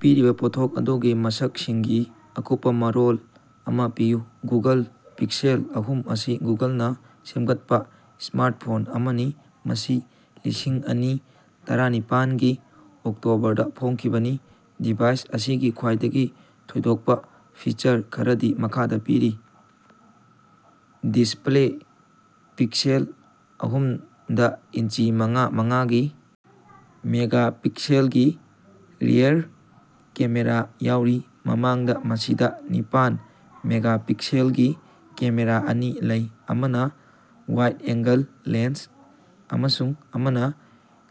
ꯄꯤꯔꯤꯕ ꯄꯣꯠꯊꯣꯛ ꯑꯗꯨꯒꯤ ꯃꯁꯛꯁꯤꯡꯒꯤ ꯑꯀꯨꯞꯄ ꯃꯔꯣꯜ ꯑꯃꯥ ꯄꯤꯌꯨ꯫ ꯒꯨꯒꯜ ꯄꯤꯛꯁꯦꯜ ꯑꯍꯨꯝ ꯑꯁꯤ ꯒꯨꯒꯜꯅ ꯁꯦꯝꯒꯠꯄ ꯁ꯭ꯃꯥꯔꯇꯐꯣꯟ ꯑꯃꯅꯤ ꯃꯁꯤ ꯂꯤꯁꯤꯡ ꯑꯅꯤ ꯇꯔꯥꯅꯤꯄꯥꯟꯒꯤ ꯑꯣꯛꯇꯣꯕꯔꯗꯥ ꯐꯣꯡꯈꯤꯕꯅꯤ꯫ ꯗꯤꯚꯥꯏꯁ ꯑꯁꯤꯒꯤ ꯈ꯭ꯋꯥꯏꯗꯒꯤ ꯊꯣꯏꯗꯣꯛꯄ ꯐꯤꯆꯔ ꯈꯔꯗꯤ ꯃꯈꯥꯗ ꯄꯤꯔꯤ ꯗꯤꯁꯄ꯭ꯂꯦ ꯄꯤꯛꯁꯦꯜ ꯑꯍꯨꯝꯗ ꯏꯟꯆꯤ ꯃꯉꯥ ꯃꯉꯥꯒꯤ ꯃꯦꯒꯥꯄꯤꯛꯁꯦꯜꯒꯤ ꯔꯤꯑꯦꯔ ꯀꯦꯃꯦꯔꯥ ꯌꯥꯎꯔꯤ꯫ ꯃꯃꯥꯡꯗꯥ ꯃꯁꯤꯗꯥ ꯅꯤꯄꯥꯟ ꯃꯦꯒꯥꯄꯤꯛꯁꯦꯜꯒꯤ ꯀꯦꯃꯦꯔꯥ ꯑꯅꯤ ꯂꯩ ꯑꯃꯅꯥ ꯋꯥꯏꯗ ꯑꯦꯡꯒꯜ ꯂꯦꯟꯁ ꯑꯃꯁꯨꯡ ꯑꯃꯅꯥ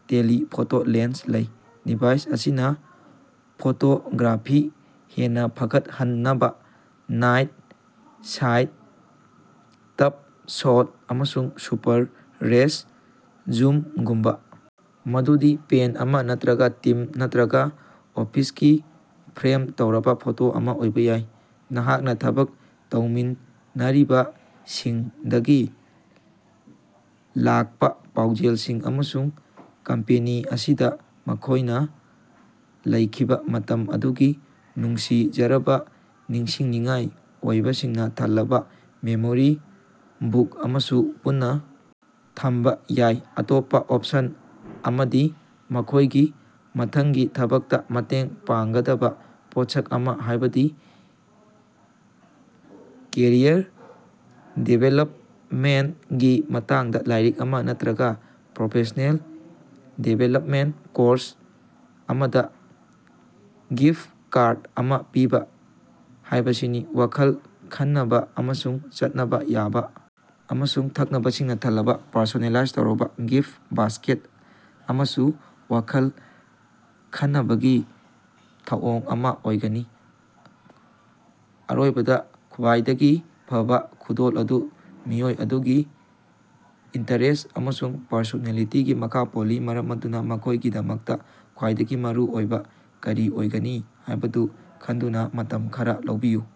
ꯇꯦꯂꯤꯐꯣꯇꯣ ꯂꯦꯟꯁ ꯂꯩ꯫ ꯗꯤꯚꯥꯏꯁ ꯑꯁꯤꯅꯥ ꯐꯣꯇꯣꯒ꯭ꯔꯥꯐꯤ ꯍꯦꯟꯅꯥ ꯐꯒꯠꯍꯟꯅꯕ ꯅꯥꯏꯠ ꯁꯥꯏꯠ ꯇꯞ ꯁꯣꯠ ꯑꯃꯁꯨꯡ ꯁꯨꯄꯥꯔ ꯔꯦꯁ ꯖꯨꯝꯒꯨꯝꯕ ꯃꯗꯨꯗꯤ ꯄꯦꯟ ꯑꯃꯥ ꯅꯠꯇꯔꯒꯥ ꯇꯤꯝ ꯅꯠꯇꯔꯒꯥ ꯑꯣꯐꯤꯁꯀꯤ ꯐ꯭ꯔꯦꯝ ꯇꯧꯔꯕ ꯐꯣꯇꯣ ꯑꯃꯥ ꯑꯣꯏꯕ ꯌꯥꯏ꯫ ꯅꯍꯥꯛꯅ ꯊꯕꯛ ꯇꯧꯃꯤꯟꯅꯔꯤꯕꯁꯤꯡꯗꯒꯤ ꯂꯥꯛꯄ ꯄꯥꯎꯖꯦꯜꯁꯤꯡ ꯑꯃꯁꯨꯡ ꯀꯝꯄꯦꯅꯤ ꯑꯁꯤꯗ ꯃꯈꯣꯏꯅ ꯂꯩꯈꯤꯕ ꯃꯇꯝ ꯑꯗꯨꯒꯤ ꯅꯨꯡꯁꯤꯖꯔꯕꯥ ꯅꯤꯡꯁꯤꯡꯅꯤꯡꯉꯥꯏ ꯑꯣꯏꯕꯁꯤꯡꯅ ꯊꯜꯂꯕ ꯃꯦꯃꯣꯔꯤ ꯕꯨꯛ ꯑꯃꯁꯨ ꯄꯨꯟꯅ ꯊꯝꯕ ꯌꯥꯏ꯫ ꯑꯇꯣꯞꯄ ꯑꯣꯞꯁꯟ ꯑꯃꯗꯤ ꯃꯈꯣꯏꯒꯤ ꯃꯊꯪꯒꯤ ꯊꯕꯛꯇ ꯃꯇꯦꯡ ꯄꯥꯡꯒꯗꯕ ꯄꯣꯠꯁꯛ ꯑꯃꯥ ꯍꯥꯏꯕꯗꯤ ꯀꯦꯔꯤꯌꯔ ꯗꯤꯚꯦꯂꯞꯃꯦꯟꯇꯒꯤ ꯃꯇꯥꯡꯗ ꯂꯥꯏꯔꯤꯛ ꯑꯃꯥ ꯅꯠꯠꯔꯒ ꯄ꯭ꯔꯣꯐꯦꯁꯅꯦꯜ ꯗꯤꯚꯦꯂꯞꯃꯦꯟꯇ ꯀꯣꯔꯁ ꯑꯃꯗ ꯒ꯭ꯤꯐꯠ ꯀꯥꯔꯠ ꯑꯃꯥ ꯄꯤꯕ ꯍꯥꯏꯕꯁꯤꯅꯤ꯫ ꯋꯥꯈꯜ ꯈꯟꯅꯕ ꯑꯃꯁꯨꯡ ꯆꯠꯅꯕ ꯌꯥꯕ ꯑꯃꯁꯨꯡ ꯊꯛꯅꯕꯁꯤꯡꯅ ꯊꯜꯂꯕꯥ ꯄꯔꯁꯣꯅꯦꯂꯥꯏꯖ ꯇꯧꯔꯕ ꯒꯤꯐꯠ ꯕꯥꯁ꯭ꯀꯦꯠ ꯑꯃꯁꯨ ꯋꯥꯈꯜ ꯈꯅꯕꯒꯤ ꯊꯧꯑꯣꯡ ꯑꯃꯥ ꯑꯣꯏꯒꯅꯤ꯫ ꯑꯔꯣꯏꯕꯗꯥ ꯈ꯭ꯋꯥꯏꯗꯒꯤ ꯐꯕꯥ ꯈꯨꯗꯣꯜ ꯑꯗꯨ ꯃꯤꯑꯣꯏ ꯑꯗꯨꯒꯤ ꯏꯟꯇꯔꯦꯁ꯭ꯠ ꯑꯃꯁꯨꯡ ꯄꯔꯁꯣꯅꯦꯂꯤꯇꯤꯒꯤ ꯃꯈꯥ ꯄꯣꯜꯂꯤ ꯃꯔꯝ ꯑꯗꯨꯅꯥ ꯃꯈꯣꯏꯒꯤꯗꯃꯛꯇꯥ ꯈ꯭ꯋꯥꯏꯗꯒꯤ ꯃꯔꯨꯑꯣꯏꯕ ꯀꯔꯤ ꯑꯣꯏꯒꯅꯤ ꯍꯥꯏꯕꯗꯨ ꯈꯟꯗꯨꯅ ꯃꯇꯝ ꯈꯔꯥ ꯂꯧꯕꯤꯌꯨ꯫